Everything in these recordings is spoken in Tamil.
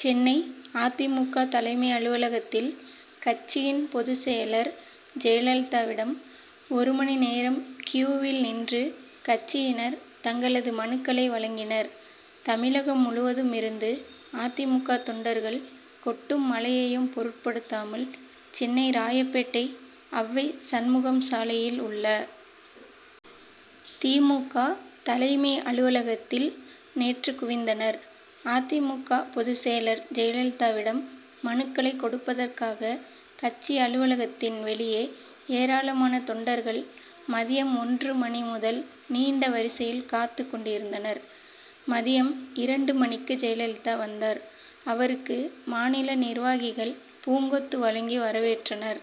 சென்னை அ. தி. மு. க. தலைமை அலுவலகத்தில் கட்சியின் பொதுச்செயலர் ஜெயலலிதாவிடம் ஒரு மணி நேரம் கியூவில் நின்று கட்சியினர் தங்களது மனுக்களை வழங்கினர். தமிழகம் முழுவதும் இருந்து அ. தி. மு. க. தொண்டர்கள் கொட்டும் மழையையும் பொருட்படுத்தாமல் சென்னை ராயப்பேட்டை அவ்வை சண்முகம் சாலையில் உள்ள. தி. மு. க. தலைமை அலுவலகத்தில் நேற்று குவிந்தனர். அ. தி. மு. பொதுச்செயலர் ஜெயலலிதாவிடம் மனுக்களை கொடுப்பதற்காக கட்சி அலுவலகத்தின் வெளியே ஏராளமான தொண்டர்கள் மதியம் ஒன்று மணி முதல் நீண்ட வரிசையில் காத்துக் கொண்டிருந்தனர். மதியம் இரண்டு மணிக்கு ஜெயலலிதா வந்தார். அவருக்கு மாநில நிர்வாகிகள் பூங்கொத்து வழங்கி வரவேற்றனர்.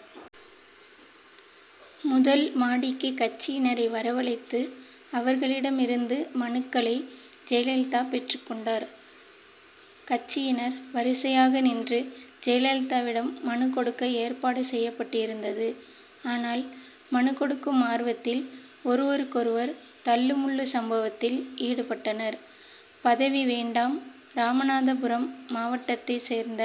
முதல் மாடிக்கு கட்சியினரை வரவழைத்து அவர்களிடம் இருந்து மனுக்களை ஜெயலலிதா பெற்றுக் கொண்டார். கட்சியினர் வரிசையாக நின்று ஜெயலலிதாவிடம் மனு கொடுக்க ஏற்பாடு செய்யப்பட்டிருந்தது. ஆனால் மனு கொடுக்கும் ஆர்வத்தில் ஒருவருக்கொருவர் தள்ளு முள்ளு சம்பவத்தில் ஈடுபட்டனர். பதவி வேண்டாம் ராமநாதபுரம் மாவட்டத்தை சேர்ந்த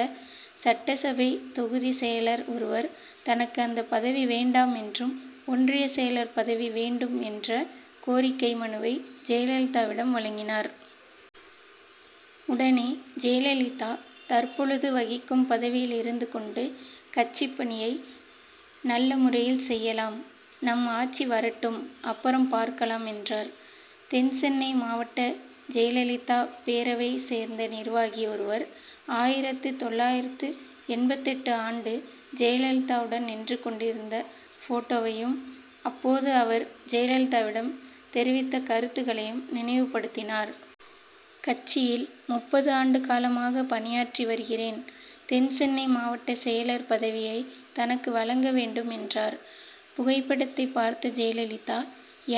சட்டசபை தொகுதி செயலர் ஒருவர் தனக்கு அந்த பதவி வேண்டாம் என்றும் ஒன்றிய செயலர் பதவி வேண்டும் என்ற கோரிக்கை மனுவை ஜெயலலிதாவிடம் வழங்கினார். உடனே ஜெயலலிதா தற்பொழுது வகிக்கும் பதவியில் இருந்து கொண்டு கட்சிப் பணியை நல்ல முறையில் செய்யலாம். நம் ஆட்சி வரட்டும் அப்புறம் பார்க்கலாம் என்றார். தென்சென்னை மாவட்ட ஜெயலலிதா பேரவையை சேர்ந்த நிர்வாகி ஒருவர் ஆயிரத்து தொள்ளாயிரத்து எண்பத்தெட்டு ஆண்டு ஜெயலலிதாவுடன் நின்றுக் கொண்டிருந்த போட்டோவையும் அப்போது அவர் ஜெயலலிதாவிடம் தெரிவித்த கருத்தைக்களையும் நினைவு படுத்தினார். கட்சியில் முப்பது ஆண்டு காலமாக பணியாற்றி வருகிறேன். தென் சென்னை மாவட்டச் செயலர் பதவியை தனக்கு வழங்க வேண்டும் என்றார். புகைப்படத்தை பார்த்த ஜெயலலிதா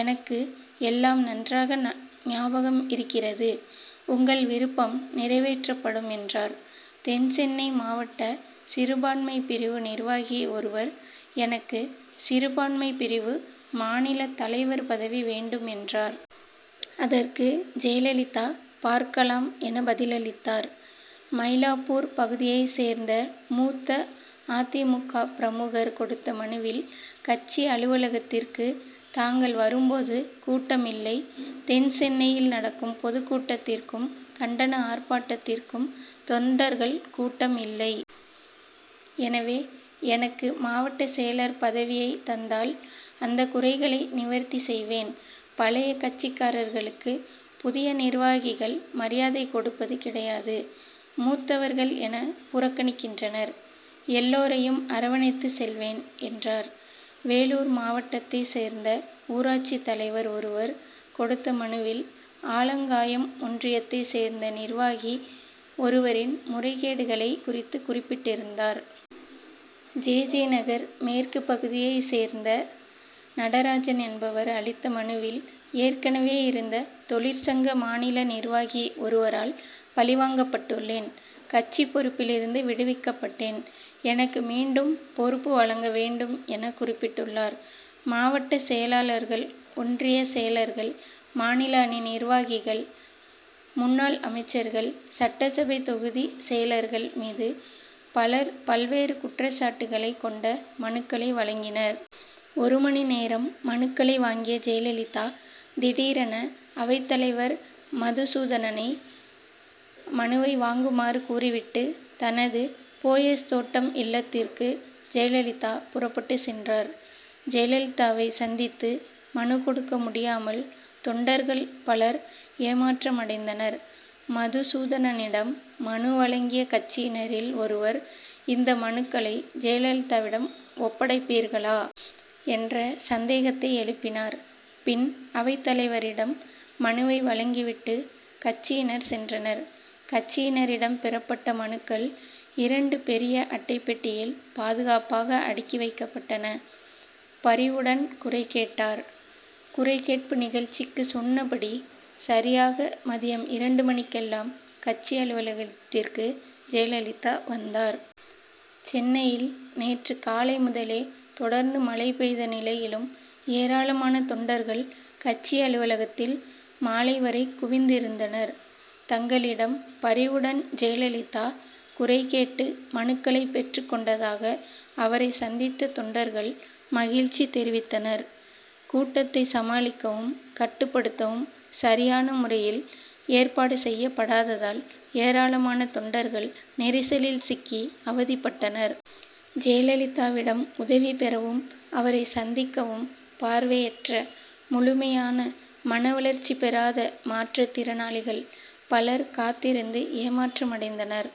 எனக்கு எல்லாம் நன்றாக ஞாபகம் இருக்கிறது. உங்கள் விருப்பம் நிறைவேற்றப்படும் என்றார். தென் சென்னை மாவட்ட சிறுபான்மை பிரிவு நிர்வாகி ஒருவர் எனக்கு சிறுபான்மை பிரிவு மாநில தலைவர் பதவி வேண்டும் என்றார். அதற்கு ஜெயலலிதா பார்க்கலாம் என பதிலளித்தார். மயிலாப்பூர் பகுதியை சேர்ந்த மூத்த அ. தி. மு. க. பிரமுகர் கொடுத்த மனுவில் கட்சி அலுவலகத்திற்கு தாங்கள் வரும் போது கூட்டம் இல்லை. தென் சென்னையில் நடக்கும் பொதுக்கூட்டத்திற்கும் கண்டன ஆர்ப்பாட்டத் திற்கும் தொண்டர்கள் கூட்டம் இல்லை. எனவே எனக்கு மாவட்டச் செயலர் பதவியை தந்தால் அந்த குறைகளை நிவர்த்தி செய்வேன். பழைய கட்சிக்காரர்களுக்கு புதிய நிர்வாகிகள் மரியாதை கொடுப்பது கிடையாது. மூத்தவர்கள் என புறக்கணிக்கின்றனர். எல்லோரையும் அரவணைத்துச் செல்வேன் என்றார். வேலூர் மாவட்டத் தைச் சேர்ந்த ஊராட்சி தலைவர் ஒருவர் கொடுத்த மனுவில் ஆலங்காயம் ஒன்றியத்தைச் சேர்ந்த நிர்வாகி ஒருவரின் முறைகேடுகளை குறித்து குறிப்பிட்டிருந்தார். ஜெ. ஜெ. நகர் மேற்கு பகுதியை சேர்ந்த நடராஜன் என்பவர் அளித்த மனுவில் ஏற்கனவே இருந்த தொழிற்சங்க மாநில நிர்வாகி ஒருவரால் பழிவாங்கப்பட்டுள்ளேன். கட்சி பொறுப்பிலிருந்து விடுவிக்கப்பட்டேன். எனக்கு மீண்டும் பொறுப்பு வழங்க வேண்டும் என குறிப்பிட்டுள்ளார். மாவட்டச் செயலளார்கள் ஒன்றிய செயலர்கள் மாநில அணி நிர்வாகிகள் முன்னாள் அமைச்சர்கள் சட்டசபை தொகுதி செயலர்கள் மீது பலர் பல்வேறு குற்றச்சாட்டுகளை கொண்ட மனுக்களை வழங்கினர். ஒரு மணி நேரம் மனுக்களை வாங்கிய ஜெயலலிதா திடீரென அவைத்தலைவர் மதுசூதனை மனுவை வாங்குமாறு கூறிவிட்டு தனது போயஸ் தோட்டம் இல்லத்திற்கு ஜெயலலிதா புறப்பட்டு சென்றார். ஜெயலலிதாவை சந்தித்து மனு கொடுக்க முடியாமல் தொண்டர்கள் பலர் ஏமாற்றம் அடைந்தனர். மதுசூதனனிடம் மனு வழங்கிய கட்சியினரில் ஒருவர் இந்த மனுக்களை ஜெயலலிதாவிடம் ஒப்படைப்பீர்களா? என்ற சந்தேகத்தை எழுப்பினார். பின் அவைத்தலைவரிடம் மனுவை வழங்கி விட்டு கட்சியினர் சென்றனர். கட்சியினரிடம் பெறப்பட்ட மனுக்கள் இரண்டு பெரிய அட்டைப் பெட்டியில் பாதுகாப்பாக அடுக்கி வைக்கப்பட்டன. பரிவுடன் குறைகேட்டார்: குறை கேட்பு நிகழ்ச்சிக்கு சொன்னபடி சரியாக மதியம் இரண்டு மணிக்கெல்லாம் கட்சி அலுவலகத்திற்கு ஜெயலலிதா வந்தார். சென்னையில் நேற்று காலை முதலே தொடர்ந்து மழை பெய்த நிலையிலும் ஏராளமான தொண்டர்கள் கட்சி அலுவலகத்தில் மாலை வரை குவிந்திருந்தனர். தங்களிடம் பரிவுடன் ஜெயலலிதா குறை கேட்டு மனுக்களை பெற்றுக் கொண்டதாக அவரை சந்தித்த தொண்டர்கள் மகிழ்ச்சி தெரிவித்தனர். கூட்டத்தை சமாளிக்கவும் கட்டுப்படுத்தவும் சரியான முறையில் ஏற்பாடு செய்யப்படாததால் ஏராளமான தொண்டர்கள் நெரிசலில் சிக்கி அவதிப்பட்டனர். ஜெயலலிதாவிடம் உதவி பெறவும் அவரை சந்திக்கவும் பார்வையற்ற முழுமையான மனவளர்ச்சி பெறாத மாற்று திறனாளிகள் பலர் காத்திருந்து ஏமாற்றமடைந்தனர்.